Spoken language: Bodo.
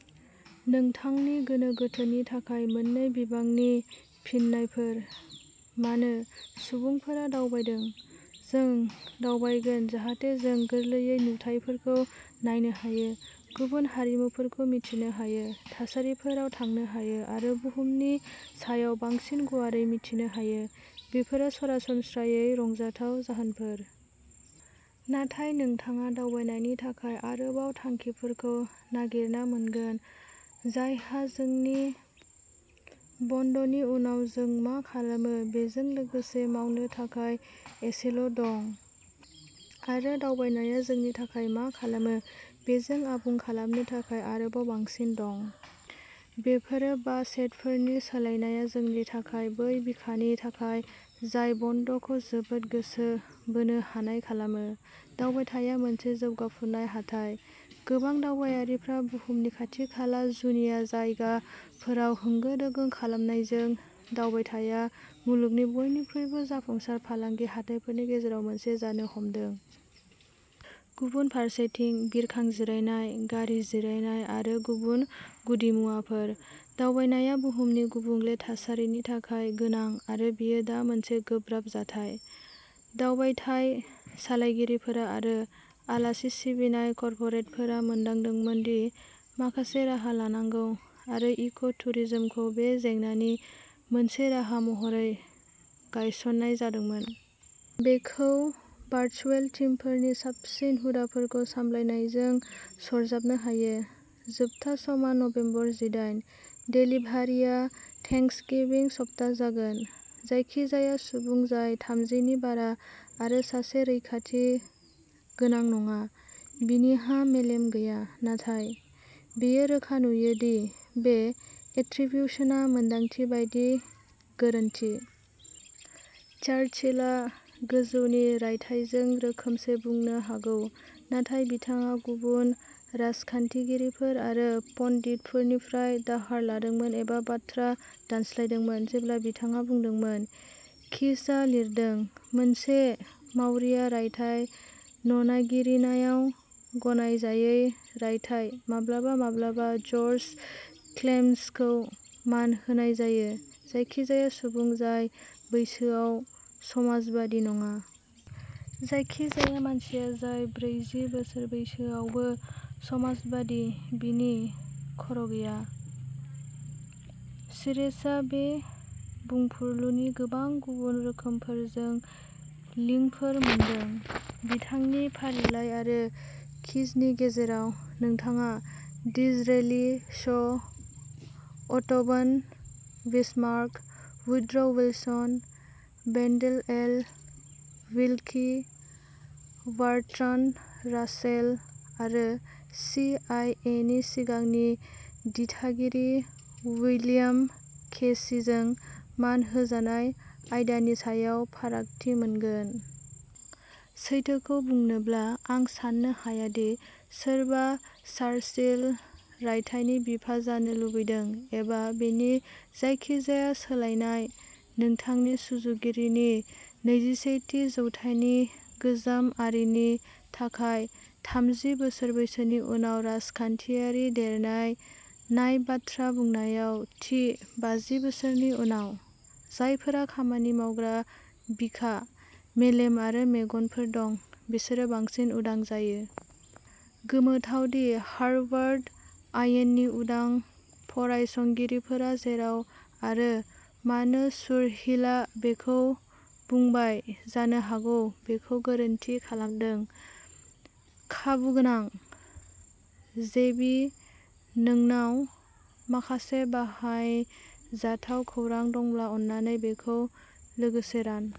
नोंथांनि गोनो-गोथोनि थाखाय मोननै बिबांनि फिननायफोर, मानो सुबुंफोरा दावबायदों। जों दावबायगोन जाहाथे जों गोरलैयै नुथायफोरखौ नायनो हायो, गुबुन हारिमुफोरखौ मिथिनो हायो, थासारिफोराव थांनो हायो आरो बुहुमनि सायाव बांसिन गुवारै मिथिनो हायो। बेफोरो सरासनस्रायै रंजाथाव जाहोनफोर। नाथाय नोंथाङा दावबायनायनि थाखाय आरोबाव थांखिफोरखौ नागिरना मोनगोन जायहा जोंनि बन्द'नि उनाव जों मा खालामो बेजों लोगोसे मावनो थाखाय एसेल' दं आरो दावबायनाया जोंनि थाखाय मा खालामो बेजों आबुं खालामनो थाखाय आरोबाव बांसिन दं। बेफोरो बा सेटफोरनि सोलायनाया जोंनि थाखाय बै बिखानि थाखाय जाय बन्द'खौ जोबोद गोसो बोनो हानाय खालामो। दावबायथाया मोनसे जौगाफुनाय हाथाय। गोबां दावबायारिफ्रा बुहुमनि खाथि-खाला जुनिया जायगाफोराव होंगो-दोंगो खालामनायजों, दावबायथाया मुलुगनि बयनिख्रुइबो जाफुंसार फालांगि हाथाइफोरनि गेजेराव मोनसे जानो हमदों। गुबुन फारसेथिं, बिरखां जिरायनाय, गारि जिरायनाय आरो गुबुन गुदिमुवाफोर। दावबायनाया बुहुमनि गुबुंले थासारिनि थाखाय गोनां आरो बेयो दा मोनसे गोब्राब जाथाय। दावबायथाय सालायगिरिफोर आरो आलासि सिबिनाय कर्परेटफोरा मोनदांदोंमोन दि माखासे राहा लानांगौ आरो इक'- टुरिज्मखौ बे जेंनानि मोनसे राहा महरै गायसननाय जादोंमोन। बेखौ भार्च्युएल टिमफोरनि साबसिन हुदाफोरखौ सामलायनायजों सरजाबनो हायो। जोबथा समआ नबेम्बर जि दाइन। देलिभारिआ थेंक्सगिविंनि सप्ता जागोन। जायखिजाया सुबुं जाय थामजिनि बारा, आरो सासे रैखाथि गोनां नङा, बिनिहा मेलेम गैया। नाथाय, बेयो रोखा नुयो दि बे एट्रिब्युशना मोन्दांथि बायदि गोरोन्थि। चार्चिलआ गोजौनि रायथाइजों रोखोमसे बुंनो हागौ, नाथाय बिथाङा गुबुन राजखान्थिगिरिफोर आरो पन्डितफोरनिफ्राय दाहार लादोंमोन एबा बाथ्रा दानस्लायदोंमोन जेब्ला बिथाङा बुंदोंमोन। कीजआ लिरदोंः "मोनसे मावरिया रायथाइ न' नागिरिनायाव गनायजायै रायथाइ माब्लाबा-माब्लाबा ज'र्ज क्लेम्सखौ मान होनाय जायोः" जायखिजाया सुबुं जाय बैसोयाव समाजबादि नङा। जायखिजाया मानसिया जाय ब्रैजि बोसोर बैसोआवबो समाजबादि, बिनि खर' गैया। शिरेसआ बे बुंफुरलुनि गोबां गुबुन रोखोमफोरजों लिंकफोर मोनदों। बिथांनि फारिलाइ आरो कीजनि गेजेराव, नोंथाङा Disraeli, Shaw', Otto von Bismarck, Woodrow Wilson, Wendell L Willkie, Bertrand Russell आरो सिआइएनि सिगांनि दिथागिरि, उइलियाम केसिजों मान होजानाय आयदानि सायाव फारागथि मोनगोन। सैथोखौ बुंनोब्ला, आं साननो हाया दि सोरबा "चार्चिल" रायथाइनि बिफा जानो लुबैदों, एबा बेनि जायखिजाया सोलायनाय। नोंथांनि सुजुगिरिनि नैजिसेथि जौथाइनि गोजाम आरीनि थाखाय थामजि बोसोर बैसोनि उनाव राजखान्थियारि देरनाय नाय-बाथ्रा बुंनायाव थि, बाजि बोसोरनि उनाव, जायफोरा खामानि मावग्रा बिखा, मेलेम आरो मेगनफोर दं, बिसोरो बांसिन उदां जायो। गोमोथाव दि हार्वार्ड आयेननि उदां फरायसंगिरिफोरा जेराव आरो मानो चुरहिलआ बेखौ बुंबाय जानो हागौ बेखौ गोरोन्थि खालामदों।.... खाबुगोनां? जेबि, नोंनाव माखासे बाहायजाथाव खौरां दंब्ला, अन्नानै बेखौ लोगोसे रान।